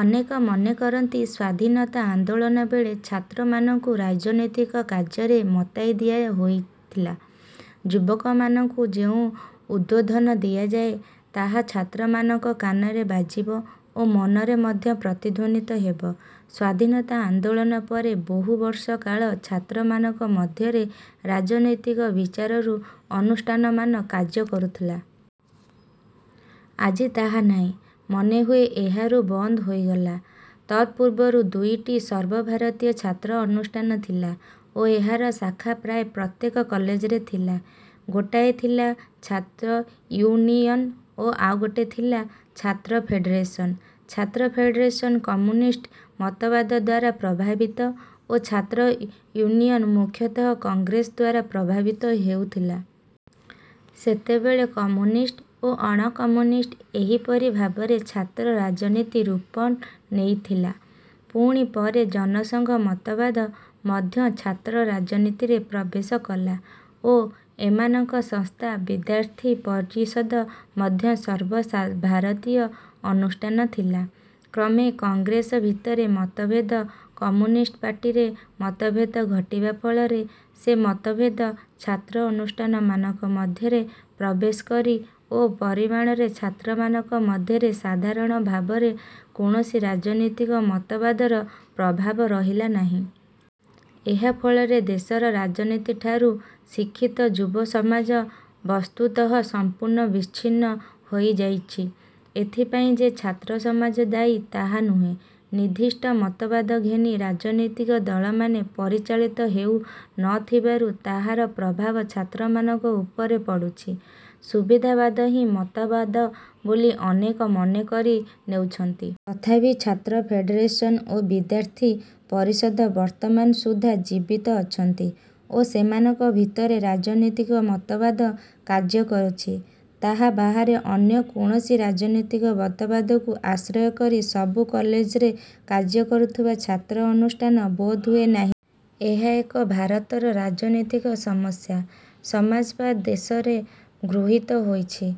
ଅନେକ ମନେ କରନ୍ତି ସ୍ୱାଧୀନତା ଆନ୍ଦୋଳନବେଳେ ଛାତ୍ରମାନଙ୍କୁ ରାଜନୈତିକ କାର୍ଯ୍ୟରେ ମତାଇ ଦିଆ ହୋଇଥିଲା। ଯୁବକମାନଙ୍କୁ ଯେଉଁ ଉଦ୍ବୋଧନ ଦିଆଯାଏ, ତାହା ଛାତ୍ରମାନଙ୍କ କାନରେ ବାଜିବ ଓ ମନରେ ମଧ୍ୟ ପ୍ରତିଧ୍ୱନିତ ହେବ। ସ୍ୱାଧୀନତା ଆନ୍ଦୋଳନ ପରେ, ବହୁବର୍ଷ କାଳ ଛାତ୍ରମାନଙ୍କ ମଧ୍ୟରେ ରାଜନୈତିକ ବିଚାରରୁ ଅନୁଷ୍ଠାନମାନ କାର୍ଯ୍ୟ କରୁଥିଲା। ଆଜି ତାହା ନାହିଁ। ମନେହୁଏ ଏହା ରୁ ବନ୍ଦ ହୋଇଗଲା। ତତ୍ପୂର୍ବରୁ ଦୁଇଟି ସର୍ବଭାରତୀୟ ଛାତ୍ର ଅନୁଷ୍ଠାନ ଥିଲା ଓ ଏହାର ଶାଖା ପ୍ରାୟ ପ୍ରତ୍ୟେକ କଲେଜରେ ଥିଲା। ଗୋଟିଏ ଥିଲା ଛାତ୍ର ଇଉନିଅନ ଓ ଆଉ ଗୋଟିଏ ଥିଲା ଛାତ୍ର ଫେଡ଼େରେସନ। ଛାତ୍ର ଫେଡ଼େରେସନ କମ୍ୟୁନିଷ୍ଟ ମତବାଦଦ୍ୱାରା ପ୍ରଭାବିତ ଓ ଛାତ୍ର ଇଉନିୟନ ମୁଖ୍ୟତଃ କଂଗ୍ରେସଦ୍ୱାରା ପ୍ରଭାବିତ ହେଉଥିଲା। ସେତେବେଳେ କମ୍ୟୁନିଷ୍ଟ ଓ ଅଣକମ୍ୟୁନିଷ୍ଟ ଏହିପରି ଭାବରେ ଛାତ୍ର ରାଜନୀତି ରୂପ ନେଇଥିଲା। ପୁଣି ପରେ ଜନସଂଘ ମତବାଦ ମଧ୍ୟ ଛାତ୍ର ରାଜନୀତିରେ ପ୍ରବେଶ କଲା ଓ ଏମାନଙ୍କ ସଂସ୍ଥା ବିଦ୍ୟାର୍ଥୀ ପରିଷଦ ମଧ୍ୟ ସର୍ବଭାରତୀୟ ଅନୁଷ୍ଠାନ ଥିଲା। କ୍ରମେ କଂଗ୍ରେସ ଭିତରେ, ମତଭେଦ, କମ୍ୟୁନିଷ୍ଟ ପାର୍ଟିରେ ମତଭେଦ ଘଟିବା ଫଳରେ ସେ ମତଭେଦ ଛାତ୍ର ଅନୁଷ୍ଠାନମାନଙ୍କ ମଧ୍ୟରେ ପ୍ରବେଶ କରି ଓ ପରିମାଣରେ ଛାତ୍ରମାନଙ୍କ ମଧ୍ୟରେ ସାଧାରଣ ଭାବରେ କୌଣସି ରାଜନୈତିକ ମତବାଦର ପ୍ରଭାବ ରହିଲାନାହିଁ। ଏହା ଫଳରେ ଦେଶର ରାଜନୀତିଠାରୁ ଶିକ୍ଷିତ ଯୁବସମାଜ ବସ୍ତୁତଃ ସଂପୂର୍ଣ୍ଣ ବିଚ୍ଛିନ୍ନ ହୋଇଯାଇଛି। ଏଥିପାଇଁ ଯେ ଛାତ୍ର ସମାଜ ଦାୟୀ ତାହା ନୁହେଁ। ନିର୍ଦ୍ଦିଷ୍ଟ ମତବାଦ ଘେନି ରାଜନୈତିକ ଦଳମାନେ ପରିଚାଳିତ ହେଉ ନଥିବାରୁ ତାହାର ପ୍ରଭାବ ଛାତ୍ରମାନଙ୍କ ଉପରେ ପଡ଼ୁଛି। ସୁବିଧାବାଦ ହିଁ ମତବାଦ ବୋଲି ଅନେକ ମନେ କରି ନେଉଛନ୍ତି। ତଥାପି ଛାତ୍ର ଫେଡ଼େରେସନ ଓ ବିଦ୍ୟାର୍ଥୀ। ପରିଷଦ ବର୍ତ୍ତମାନ ସୁଦ୍ଧା ଜୀବିତ ଅଛନ୍ତି ଓ ସେମାନଙ୍କ ଭିତରେ ରାଜନୈତିକ ମତବାଦ କାର୍ଯ୍ୟ କରୁଛି। ତା ବାହାରେ ଅନ୍ୟ କୌଣସି ରାଜନୈତିକ ମତବାଦକୁ ଆଶ୍ରୟ କରି ସବୁ କଲେଜରେ କାର୍ଯ୍ୟ କରୁଥିବା ଛାତ୍ର ଅନୁଷ୍ଠାନ ବୋଧହୁଏ ନାହିଁ। ଏହା ଏକ ଭାରତର ରାଜନୈତିକ ସମସ୍ୟା। ସମାଜବାଦ ଦେଶରେ ଗୃହୀତ ହୋଇଛି-।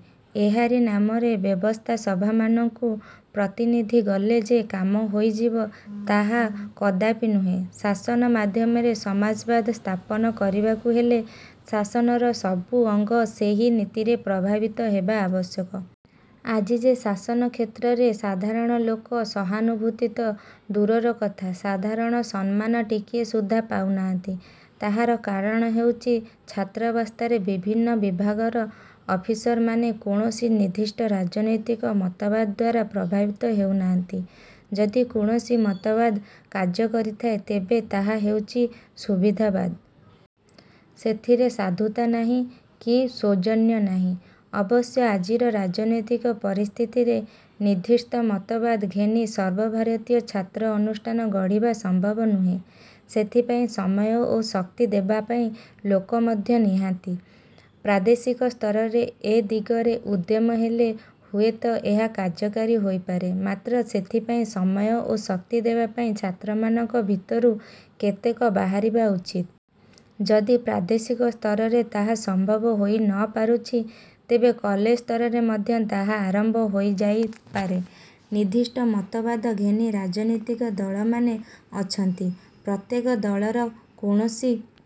ଏହାରି ନାମରେ ବ୍ୟବସ୍ଥା ସଭାମାନଙ୍କୁ ପ୍ରତିନିଧି ଗଲେ ଯେ କାମ ହୋଇଯିବ, ତାହା କଦାପି ନୁହେଁ। ଶାସନ ମାଧ୍ୟମରେ ସମାଜବାଦ ସ୍ଥାପନ କରିବାକୁ ହେଲେ ଶାସନର ସବୁ ଅଙ୍ଗ ସେହି ନୀତିରେ ପ୍ରଭାବିତ ହେବା ଆବଶ୍ୟକ। ଆଜି ଯେ ଶାସନ କ୍ଷେତ୍ରରେ ସାଧାରଣ ଲୋକ ସହାନୁଭୂତି ତ ଦୂରର କଥା, ସାଧାରଣ ସମ୍ମାନ ଟିକିଏ ସୁଦ୍ଧା ପାଉ ନାହାନ୍ତି। ତାହାର କାରଣ ହେଉଚି, ଛାତ୍ରାବସ୍ଥାରେ ବିଭିନ୍ନ ବିଭାଗର ଅଫିସରମାନେ କୌଣସି ନିର୍ଦ୍ଦିଷ୍ଟ ରାଜନୈତିକ ମତବାଦଦ୍ୱାରା ପ୍ରଭାବିତ ହୋଇନାହାନ୍ତି। ଯଦି କୌଣସି ମତବାଦ କାର୍ଯ୍ୟ କରିଥାଏ, ତେବେ ତାହା ହେଉଛି ସୁବିଧାବାଦ। ସେଥିରେ ସାଧୁତା ନାହିଁ କି ସୌଜନ୍ୟ ନାହିଁ। ଅବଶ୍ୟ ଆଜିର ରାଜନୈତିକ ପରିସ୍ଥିତିରେ ନିର୍ଦ୍ଦିଷ୍ଟ ମତବାଦ ଘେନି ସର୍ବଭାରତୀୟ ଛାତ୍ର ଅନୁଷ୍ଠାନ ଗଢ଼ିବା ସମ୍ଭବ ନୁହେଁ। ସେଥିପାଇଁ ସମୟ ଓ ଶକ୍ତି ଦେବାପାଇଁ ଲୋକ ମଧ୍ୟ ନାହାନ୍ତି। ପ୍ରାଦେଶିକ ସ୍ତରରେ ଏ ଦିଗରେ ଉଦ୍ୟମ ହେଲେ ହୁଏତ ଏହା କାର୍ଯ୍ୟକାରୀ ହୋଇପାରେ; ମାତ୍ର ସେଥିପାଇଁ ସମୟ ଓ ଶକ୍ତି ଦେବାପାଇଁ ଛାତ୍ରମାନଙ୍କ ଭିତରୁ କେତେକ ବାହାରିବା ଉଚିତ। ଯଦି ପ୍ରାଦେଶିକ ସ୍ତରରେ ତାହା ସମ୍ଭବ ହୋଇ ନ ପାରୁଛି, ତେବେ କଲେଜ ସ୍ତରରେ ମଧ୍ୟ ତାହା ଆରମ୍ଭ କରାଯାଇପାରେ। ନିର୍ଦ୍ଦିଷ୍ଟ ମତବାଦ ଘେନି ରାଜନୈତିକ ଦଳମାନେ ଅଛନ୍ତି। ପ୍ରତ୍ୟେକ ଦଳର କୌଣସି